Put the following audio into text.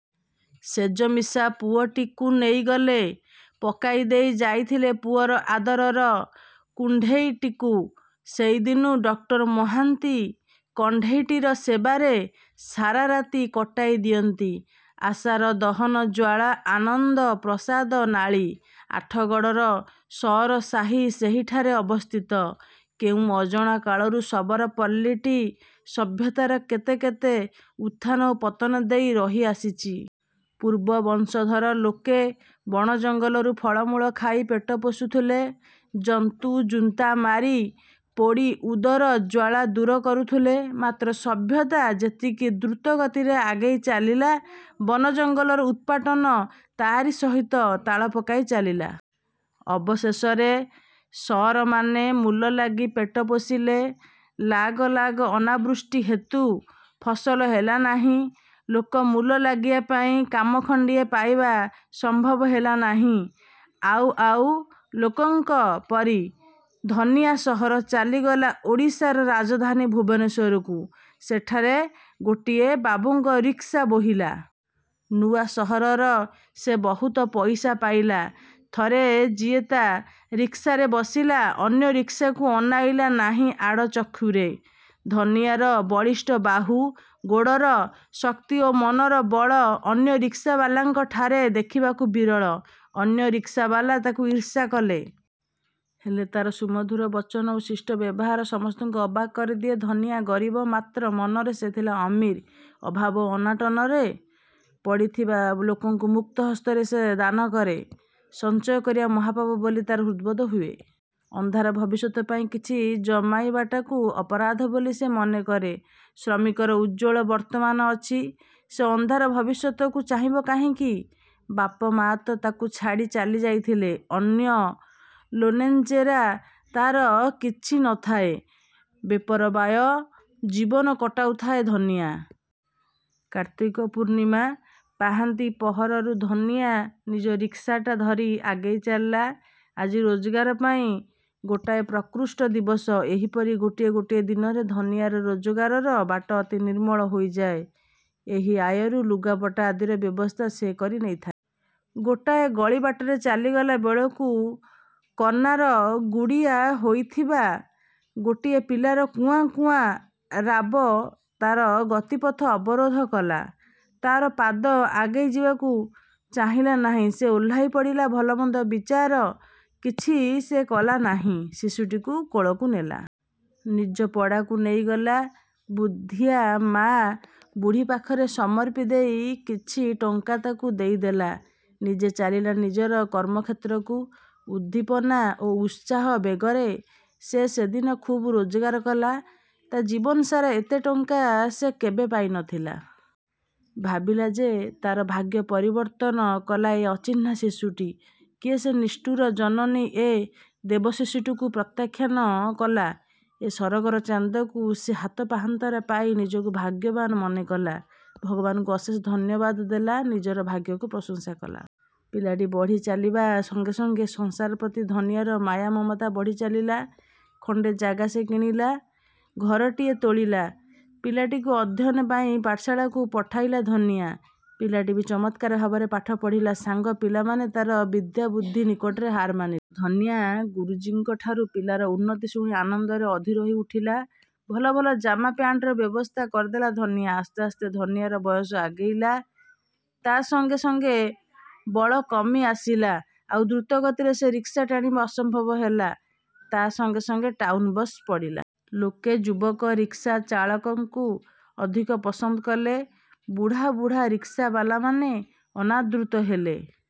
ଶେଯମିଶା ପୁଅଟିକୁ ନେଇଗଲେ। ପକାଇ ଦେଇ ଯାଇଥିଲେ ପୁଅର ଆଦରର କୁଣ୍ଢେଇଟିକୁ। ସେଇଦିନୁ ଡକ୍ଟର ମହାନ୍ତି କଣ୍ଢେଇଟିର ସେବାରେ ସାରା ରାତି କଟାଇଦିଅନ୍ତି। ଆଶାର ଦହନଜ୍ୱାଳା ଆନନ୍ଦ ପ୍ରସାଦ ନାଳୀ। ଆଠଗଡ଼ର ସଅର ସାହି ସେହିଠାରେ ଅବସ୍ଥିତ। କେଉଁ ଅଜଣା କାଳରୁ ଶବର ପଲ୍ଲୀଟି ସଭ୍ୟତାର କେତେ କେତେ ଉତ୍ଥାନ ଓ ପତନ ଦେଇ ରହି ଆସିଚି। ପୂର୍ବ ବଂଶଧର ଲୋକେ ବଣ ଜଙ୍ଗଲରୁ ଫଳ ମୂଳ ଖାଇ ପେଟ ପୋଷୁଥିଲେ। ଜନ୍ତୁ ଜୁନ୍ତା ମାରି, ପୋଡ଼ି ଉଦର ଜ୍ୱାଳା ଦୂର କରୁଥିଲେ। ମାତ୍ର ସଭ୍ୟତା ଯେତିକି ଦ୍ରୁତ ଗତିରେ ଆଗେଇ ଚାଲିଲା, ବନ ଜଙ୍ଗଲର ଉତ୍ପାଟନ ତାରି ସହିତ ତାଳ ପକାଇ ଚାଲିଲା। ଅବଶେଷରେ ସଅରମାନେ ମୂଲ ଲାଗି ପେଟ ପୋଷିଲେ। ଲାଗ ଲାଗ ଅନାବୃଷ୍ଟି ହେତୁ ଫସଲ ହେଲାନାହିଁ। ଲୋକ ମୂଲ ଲାଗିବା ପାଇଁ କାମ ଖଣ୍ତିଏ ପାଇବା ସମ୍ଭବ ହେଲାନାହିଁ। ଆଉ ଆଉ ଲୋକଙ୍କ ପରି ଧନିଆ ସହର ଚାଲିଗଲା ଓଡ଼ିଶାର ରାଜଧାନୀ ଭୁବନେଶ୍ୱରକୁ। ସେଠାରେ ଗୋଟିଏ ବାବୁଙ୍କ ରିକ୍ସା ବୋହିଲା। ନୂଆ ସହରର ସେ ବହୁତ ପଇସା ପାଇଲା। ଥରେ ଯିଏ ତା ରିକ୍ସାରେ ବସିଲା, ଅନ୍ୟ ରିକ୍ସାକୁ ଅନାଇଲା ନାହିଁ ଆଡ଼ଚକ୍ଷୁରେ। ଧନିଆର ବଳିଷ୍ଠ ବାହୁ, ଗୋଡ଼ର ଶକ୍ତି ଓ ମନର ବଳ ଅନ୍ୟ ରିକ୍ସାବାଲାଙ୍କଠାରେ ଦେଖିବାକୁ ବିରଳ। ଅନ୍ୟ ରିକ୍ସାବାଲା ତାକୁ ଈର୍ଷା କଲେ। ହେଲେ ତାର ସୁମଧୁର ବଚନ ଓ ଶିଷ୍ଟ ବ୍ୟବହାର ସମସ୍ତଙ୍କୁ ଅବାକ୍ କରିଦିଏ। ଧନିଆ ଗରିବ; ମାତ୍ର ମନରେ ସେ ଥିଲା ଅମୀର। ଅଭାବ ଓ ଅନାଟନରେ ପଡ଼ିଥିବା ଲୋକଙ୍କୁ ମୁକ୍ତ ହସ୍ତରେ ସେ ଦାନ କରେ। ସଞ୍ଚୟ କରିବା ମହାପାପ ବୋଲି ତାର ହୃଦବୋଧ ହୁଏ। ଅନ୍ଧାର ଭବିଷ୍ୟତ ପାଇଁ କିଛି ଜମାଇବାଟାକୁ ଅପରାଧ ବୋଲି ସେ ମନେ କରେ। ଶ୍ରମିକର ଉଜ୍ଜ୍ୱଳ ବର୍ତ୍ତମାନ ଅଛି, ସେ ଅନ୍ଧାର ଭବିଷ୍ୟତକୁ ଚାହିଁବ କାହିଁକି? ବାପ ମା'ତ ତାକୁ ଛାଡ଼ି ଚାଲିଯାଇଥିଲେ। ଅନ୍ୟ ଲୋନେଞ୍ଜେରା ତାର କିଛି ନ ଥାଏ। ବେପରବାୟ ଜୀବନ କଟାଉଥାଏ ଧନିଆ। କାର୍ତ୍ତିକ ପୂର୍ଣ୍ଣିମା। ପାହାନ୍ତି ପହରରୁ ଧନିଆଁ ନିଜ ରିକ୍ସାଟି ଧରି ଆଗେଇ ଚାଲିଲା। ଆଜି ରୋଜଗାର ପାଇଁ ଗୋଟାଏ ପ୍ରକୃଷ୍ଟ ଦିବସ। ଏହିପରି ଗୋଟିଏ ଗୋଟିଏ ଦିନରେ ଧନିଆର ରୋଜଗାରର ବାଟ ଅତି ନିର୍ମଳ ହୋଇଯାଏ। ଏହି ଆୟରୁ ଲୁଗାପଟା ଆଦିର ବ୍ୟବସ୍ଥା ସେ କରି ନେଇଥାଏ। ଗୋଟାଏ ଗଳି ବାଟରେ ଚାଲିଗଲା ବେଳକୁ କନାର ଗୁଡ଼ିଆ ହୋଇଥିବା ଗୋଟିଏ ପିଲାର 'କୁଆଁ' 'କୁଆଁ' ରାବ ତା'ର ଗତିପଥ ଅବରୋଧ କଲା। ତାର ପାଦ ଆଗେଇ ଯିବାକ ଚାହିଁଲା ନାହିଁ। ସେ ଓହ୍ଳାଇ ପଡ଼ିଲା। ଭଲମନ୍ଦ ବିଚାର କିଛି ସେ କଲା ନାହିଁ। ଶିଶୁଟିକୁ କୋଳକୁ ନେଲା। ନିଜ ପଡ଼ାକୁ ନେଇଗଲା। ବୁଦ୍ଧିଆ ମା ବୁଢ଼ୀ ପାଖରେ ସମର୍ପି ଦେଇ କିଛି ଟଙ୍କା ତାକୁ ଦେଇଦେଲା। ନିଜେ ଚାଲିଲା ନିଜର କର୍ମକ୍ଷେତ୍ରକୁ। ଉଦ୍ଦୀପନା ଓ ଉତ୍ସାହ ବେଗରେ ସେ ସେଦିନ ଖୁବ୍ ରୋଜଗାର କଲା। ତା ଜୀବନ ସାରା ଏତେ ଟଙ୍କା ସେ କେବେ ପାଇ ନ ଥିଲା। ଭାବିଲା ଯେ, ତାର ଭାଗ୍ୟ ପରିବର୍ତ୍ତନ କଲା ଏ ଅଚିହ୍ନା ଶିଶୁଟି। କିଏ ସେ ନିଷ୍ଠୁର ଜନନୀ ଏ ଦେବଶିଶୁଟିକୁ ପ୍ରତ୍ୟାଖ୍ୟାନ କଲା! ଏ ସରଗର ଚାନ୍ଦକୁ ସେ ହାତ ପାହାନ୍ତାରେ ପାଇ ନିଜକୁ ଭାଗ୍ୟବାନ୍ ମନେ କଲା। ଭଗବାନଙ୍କୁ ଅଶେଷ ଧନ୍ୟବାଦ ଦେଲା। ନିଜର ଭାଗ୍ୟକୁ ପ୍ରଶଂସା କଲା। ପିଲାଟି ବଢ଼ି ଚାଲିବା ସଙ୍ଗେ ସଙ୍ଗେ ସଂସାର ପ୍ରତି ଧନିଆର ମାୟା ମମତା ବଢ଼ି ଚାଲିଲା। ଖଣ୍ତେ ଜାଗା ସେ କିଣିଲା। ଘରଟିଏ ତୋଳିଲା। ପିଲାଟିକୁ ଅଧ୍ୟୟନ ପାଇଁ ପାଠଶାଳାକୁ ପଠାଇଲା ଧନିଆ। ପିଲାଟି ବି ଚମତ୍କାର ଭାବରେ ପାଠ ପଢ଼ିଲା। ସାଙ୍ଗ ପିଲାମାନେ ତାର ବିଦ୍ୟାବୁଦ୍ଧି ନିକଟରେ ହାର ମାନିଲେ। ଧନିଆଁ ଗୁରୁଜୀଙ୍କଠାରୁ ପିଲାର ଉନ୍ନତି ଶୁଣି ଆନନ୍ଦରେ ଅଧୀର ହୋଇ ଉଠିଲା। ଭଲ ଭଲ ଜାମା, ପ୍ୟାଣ୍ଟର ବ୍ୟବସ୍ଥା କରିଦେଲା ଧନିଆ। ଆସ୍ତେ ଆସ୍ତେ ଧନିଆର ବୟସ ଆଗେଇଲା। ତା ସଙ୍ଗେ ସଙ୍ଗେ ବଳ କମି ଆସିଲା। ଆଉ ଦ୍ରୁତ ଗତିରେ ସେ ରିକ୍ସା ଟାଣିବା ଅସମ୍ଭବ ହେଲା; ତା ସଙ୍ଗେ ସଙ୍ଗେ ଟାଉନ୍ ବସ୍ ପଡ଼ିଲା। ଲୋକେ ଯୁବକ ରିକ୍ସା ଚାଳକଙ୍କୁ ଅଧିକ ପସନ୍ଦ କଲେ। ବୁଢ଼ା ବୁଢ଼ା ରିକ୍ସାବାଲାମାନେ ଅନାଦ୍ରୁତ ହେଲେ।